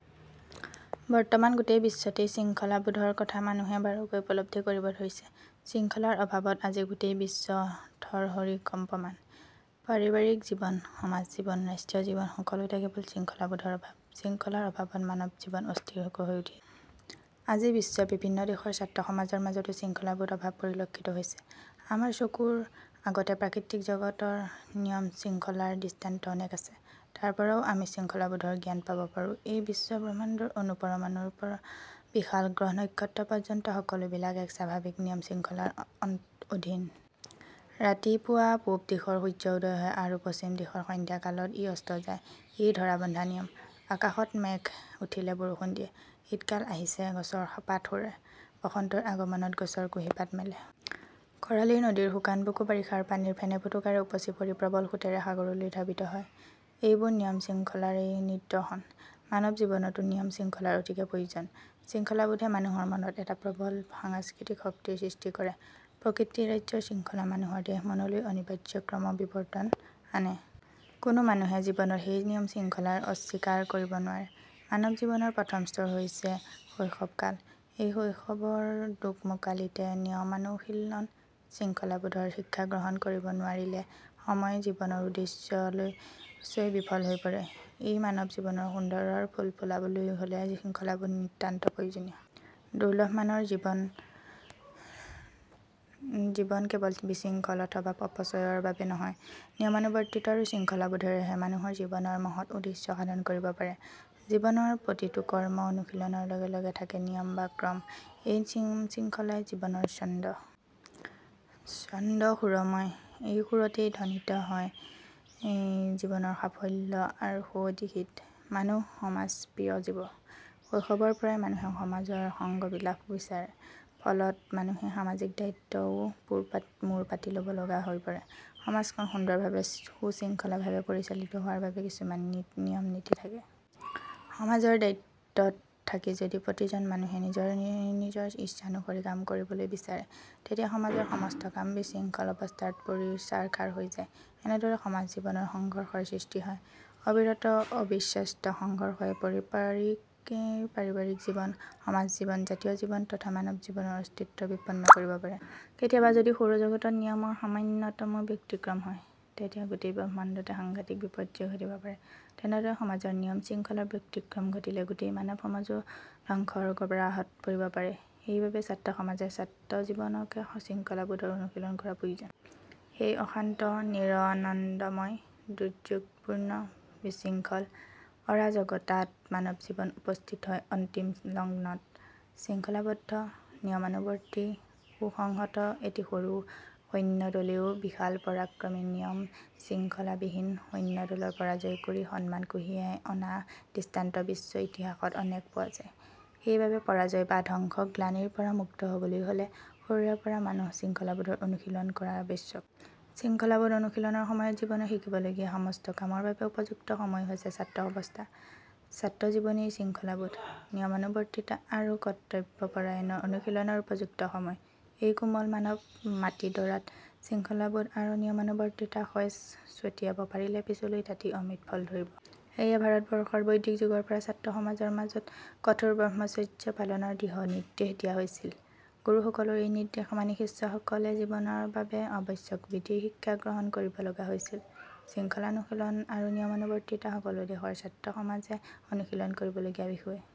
বৰ্তমান গােটেই বিশ্বতেই শৃংখলাবােধৰ কথা মানুহে বাৰুকৈ উপলব্ধি কৰিব ধৰিছে। শৃংখলাৰ অভাৱত আজি গােটেই বিশ্ব থৰহৰি কম্পমান। পাৰিবাৰিক জীৱন, সমাজ জীৱন, ৰাষ্ট্ৰীয় জীৱন- সকলােতে কেৱল শৃংখলাবােধৰ অভাৱ। শৃংখলাৰ অভাৱত মানৱ জীৱন অস্থিৰ হৈ উঠিছে। আজি বিশ্বৰ বিভিন্ন দেশৰ ছাত্ৰসমাজৰ মাজতাে শৃংখলাবােধ অভাৱ পৰিলক্ষিত হৈছে। আমাৰ চকুৰ আগতে প্ৰাকৃতিক জগতৰ নিয়ম-শৃংখলাৰ দৃষ্টান্ত অনেক আছে। তাৰ পৰাও আমি শৃংখলাবােধৰ জ্ঞান পাব পাৰাে এই বিশ্ব ব্ৰহ্মাণ্ডৰ অণু-পৰমাণুৰপৰা বিশাল গ্ৰহ-নক্ষত্ৰ পৰ্যন্ত সকলাে বিলাক এক স্বাভাৱিক নিয়ম-শৃংখলাৰ অধীন। ৰাতিপুৱা পূব দিশত সূৰ্য উদয় হয় আৰু পশ্চিম দিশত সন্ধ্যা কালত ই অস্ত যায়, ই ধৰা বন্ধা নিয়ম। আকাশত মেঘ উঠিলে বৰষুণ দিয়ে। শীতকাল আহিলে গছৰ পাত সৰে। বসন্তৰ আগমনত গছত কুঁহিপাত মেলে। খৰালিৰ নদীৰ শুকান বুকু বাৰিষাৰ পানীৰে ফেনে-ফুটুকাৰে উপচি পৰি প্ৰবল সোঁতেৰে সাগৰলৈ ধাৱিত হয়। এইবােৰ নিয়ম-শৃংখলাৰেই নিদৰ্শন। মানৱ জীৱনতাে নিয়ম শৃংখলাৰ অতিকে প্ৰয়ােজন। শৃংখলাবােধে মানুহৰ মনত এটা প্ৰবল সাংস্কৃতিক শক্তিৰ সৃষ্টি কৰে। প্ৰকৃতি ৰাজ্যৰ শৃংখলা মানুহৰ দেহ-মনলৈও অনিবাৰ্য ক্ৰমবিৱৰ্তন আনে। কোনাে মানুহে জীৱনত সেই নিয়ম-শৃঙ্খলা অস্বীকাৰ কৰিব নােৱাৰে। মানৱ জীৱনৰ প্ৰথম স্তৰ হৈছে শৈশৱ কাল। এই শৈশৱৰ দোকমােকালিতে নিয়মানুশীলন, শৃংখলাবােধৰ শিক্ষা গ্ৰহণ কৰিব নােৱাৰিলে সময়ত জীৱনৰ উদ্দেশ্যই বিফল হৈ পৰে। এই মানৱ জীৱনত সুন্দৰৰ ফুল ফুলাবলৈ হ'লে শৃংখলাবােধ নিতান্ত প্ৰয়ােজনীয়। দুৰ্লভ মানৱ জীৱন কেৱল বিশৃংখল অথবা অপচয়ৰ বাবে নহয়। নিয়মানুৱৰ্তিত আৰু শৃংখলাবােধেৰেহে মানুহে জীৱনত মহৎ উদ্দেশ্য সাধন কৰিব পাৰে। জীৱনৰ প্ৰতিটো কৰ্ম অনুশীলনৰ লগে লগে থাকে নিয়ম বা ক্ৰম। এই নিয়ম-শৃংখলাই জীৱনৰ ছন্দ। ছন্দ সুৰময়। সেই সুৰতেই ধ্বনিত হয় জীৱন-সাফল্যৰ আৰু সুৱদি গীত। মানুহ সমাজ প্ৰিয় জীৱ। শৈশৱৰপৰাই মানুহে সমাজৰ সংগ লাভ বিচাৰে, ফলত মানুহে সামাজিক দায়িত্বও মূৰ পাতি ল'ব লগা হৈ পৰে। সমাজখন সুন্দৰভাৱে সুশৃংখলভাৱে পৰিচালিত হােৱাৰ বাবে কিছুমান নিয়ম-নীতি থাকে। সমাজৰ দায়িত্বত থাকি যদি প্ৰতিজন মানুহে নিজৰ নিজৰ ইচ্ছানুসৰি কাম কৰিবলৈ বিচাৰে, তেতিয়া সমাজৰ সমস্ত কাম বিশৃংখল অৱস্থাত পৰি ছাৰখাৰ হৈ যায়। এনেদৰে সমাজ-জীৱনত সংঘৰ্ষৰ সৃষ্টি হয়। অবিৰত অবিশ্ৰান্ত সংঘৰ্ষই পাৰিবাৰিক জীৱন, সমাজ-জীৱন, জাতীয় জীৱন তথা মানব-জীৱনৰ অস্তিত্বও বিপন্ন কৰিব পাৰে। কেতিয়াবা যদি সৌৰজগতত নিয়মৰ সামান্যতমাে ব্যতিক্ৰম হয়, তেতিয়া গােটেই ব্ৰহ্মাণ্ডতে সাংঘাতিক বিপৰ্যয় ঘটিব পাৰে। তেনেদৰে সমাজত নিয়ম শৃংখলাৰ ব্যতিক্ৰম ঘটিলে গােটেই মানৱ সমাজো ধ্বংসৰ গৰাহত পৰিব পাৰে। সেইবাবে ছাত্ৰসমাজে ছাত্ৰজীবনতে শৃংখলাবােধৰ অনুশীলন কৰা প্ৰয়ােজন। সেই অশান্ত, নিৰানন্দময়, দুৰ্যোগপূৰ্ণ বিশৃংখল, অৰাজকতাত মানৱজীৱন উপস্থিত হয় অন্তিম লগ্নত। শৃংখলাবদ্ধ, নিয়মানুবৰ্তী সুসংহত এটি সৰু সৈন্যদলেও বিশাল পৰাক্ৰমী নিয়ম-শৃংখলাবিহীন সৈন্যদলক পৰাজয় কৰি সন্মান কঢ়িয়াই অনা দৃষ্টান্ত বিশ্ব ইতিহাসত অনেক পােৱা যায়। সেইবাবে পৰাজয় বা ধ্বংসৰ গ্লানিৰপৰা মুক্ত হবলৈ হ'লে, সৰুৰেপৰা মানুহে শৃংখলাবােধৰ অনুশীলন কৰা আৱশ্যক। শৃংখলাবােধ অনুশীলনৰ সময় জীৱনৰ শিকিবলগীয়া সমস্ত কামৰ বাবে উপযুক্ত সময় হৈছে ছাত্ৰ অৱস্থা। ছাত্ৰজীৱনেই শৃংখলাবােধ, নিয়মানুবৰ্তিতা আৰু কৰ্তব্যপৰায়ণতা অনুশীলনৰ উপযুক্ত সময়। এই কোমল মানৱ-মাটিডৰাত শৃংখলাবােধ আৰু নিয়মানুৱৰ্তিতাৰ শইচ ছটিয়াব পাৰিলে পিছলৈ তাতেই অমৃত ফল ধৰিব। সেয়ে ভাৰতবৰ্ষত বৈদিক যুগৰপৰা ছাত্ৰ-সমাজৰ মাজত কঠোৰ ব্ৰহ্মচৰ্য পালনৰ দৃঢ় নিৰ্দেশ দিয়া হৈছিল। গুৰুসকলৰ এই নিৰ্দেশ মানি শিষ্যসকলে জীৱনৰ বাবে আৱশ্যকীয় বিধি-শিক্ষা গ্ৰহণ কৰিব লগা হৈছিল। শৃংখলানুশীলন আৰু নিয়মানুবৰ্তিতা সকলাে দেশৰ ছাত্ৰসমাজে অনুশীলন কৰিবলগীয়া বিষয়।